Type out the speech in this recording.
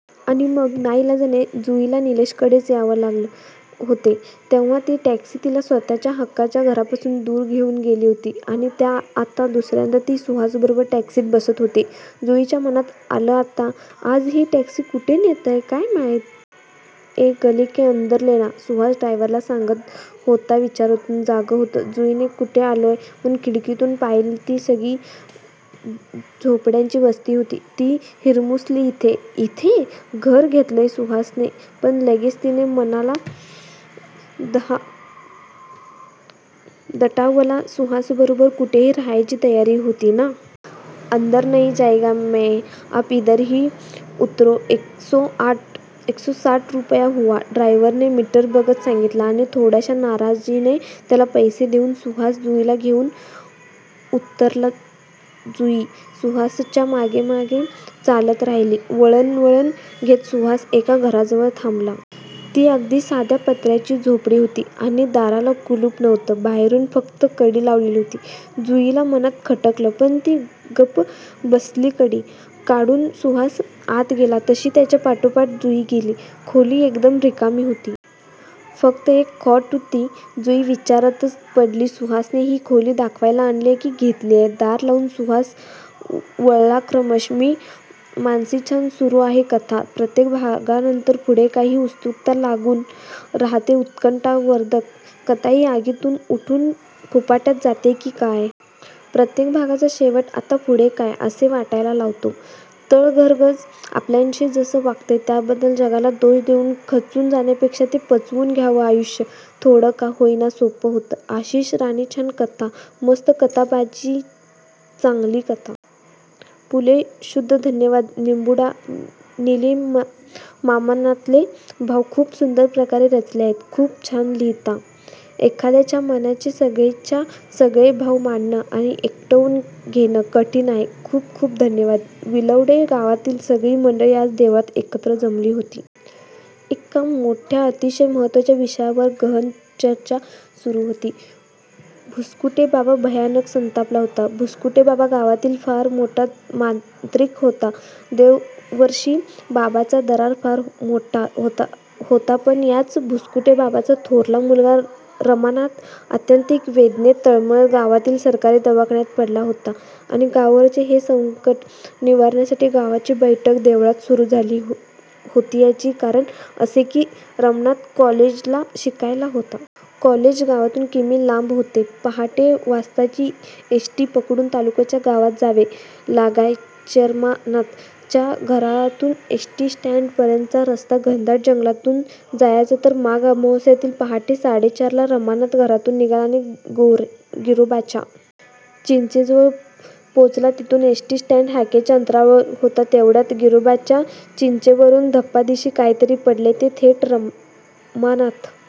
आणि मग नाईलाजाने जुईला निलेशकडेच यावं लागलं होतंतेव्हा ती टॅक्सी तिला स्वतःच्या हक्काच्या घरापासून दूर घेऊन गेली होतीआणि आता दुसऱ्यांदा ती सुहासबरोबर टॅक्सीत बसत होती. जुईच्या मनात आलंआता आज ही टॅक्सी कुठे नेतेय काय माहित? "ये गलीके अंदर लेना"सुहास ड्रायव्हरला सांगत होताविचारातून जागं होत जुईने कुठे आलोय म्हणून खिडकीतून पाहिलंती सगळी झोपड्यांची वस्ती होती. ती हिरमुसलीइथे? इथे घर घेतलंय सुहासने? पण लगेच तिने मनाला दटावलंसुहासबरोबर कुठेही राहायची तयारी होती ना? "अंदर नही जायेगा मै. आप इधरही उतरोएकसोसाठ रुपया हुवा. " ड्रॉयव्हरने मीटर बघत सांगितलं आणि थोड्याशा नाराजीने त्याला पैसे देऊन सुहास जुईला घेऊन उतरलाजुई सुहासच्या मागेमागे चालत राहिली. वळणं वळणं घेत सुहास एका घराजवळ थांबला. ती अगदी साधी पत्र्याची झोपडी होती. आणि दाराला कुलूप नव्हतं. बाहेरून फक्त कडी लावलेली होती. जुईला मनांत खटकलं, पण ती गप्प बसलीकडी काढून सुहास आत गेला तशी त्याच्या पाठोपाठ जुई गेली. खोली एकदम रिकामी होती. फक्त एक कॉट होती. जुई विचारात पडलीसुहासने ही खोली दाखवायला आणलीय कि घेतलीय? दार लावून सुहास वळलाक्रमशःमी मानसीछान सुरू आहे कथा. प्रत्येक भागानंतर पुढे काय, ही उत्सुकता लागून राहतेउत्कंठावर्धक कथाही आगीतून उठून फुफाट्यात जाते की काय???? प्रत्येक भागाचा शेवट "आता पुढे काय? " असे वाटायला लावतो! तळघरजग आपल्याशी जसं वागतंय त्याबद्दल जगाला दोष देवून खचून जाण्यापेक्षा ते पचवून घ्यावंआयुष्य थोडं का होईना सोप्पं होतं. आशिष राणेछान कथा. मस्त कथाबीजचांगली कथा.. पुलेशुधन्यवाद, निंबुडा, निलिमामनातले भाव खुप सुन्दर प्रकारे रचिले आहेत. खुप छान लिहिता.. एखाद्याच्या मनाचे सगळेच्या सगळे भाव मांडणं आणि एकवटून घेणं कठीण आहे..:खूप खूप धन्यवाद. विलवडे गावातील सगळी मंडळी आज देवळात एकत्र जमली होती. एका मोठ्या अतिशय महत्त्वाच्या विषयावर गहन चर्चा सुरू होती. भुस्कूटे बाबा भयानक संतापला होता. भुसकुटे बाबा गावातील फार मोठा मांत्रिक होता. देवर्षी बाबाचा दरारा फार मोठा होतापण याच भुसकुटे बाबाचा थोरला मुलगा रमानाथ आत्यंतिक वेदनेत तळमळत गावातील सरकारी दवाखान्यात पडला होता, आणि गावावरचे हे संकट निवारण्यासाठी गावाची बैठक देवळात सुरू झाली होतीयाचे कारण असे की रमानाथ कॉलेज ला शिकायला होता. कॉलेज गावातून किमी लांब होते. पहाटे. वाजताची एस टी पकडून तालुक्याच्या गावात जावे लागायचेरमानाथ च्या घरातून एस टी स्टँड पर्यंतचा रस्ता घनदाट जंगलातून जायचातर माघ अमावास्येला पहाटे साडेचार ला रमानाथ घरातून निघालाआणि गिरोबाच्या चिंचेजवळ पोहोचलातिथून एस टी स्टँड हाकेच्या अंतरावर होतातेवढ्यात गिरोबाच्या चिंचेवरून धप्पदिशी काहीतरी पडले, ते थेट रमानाथ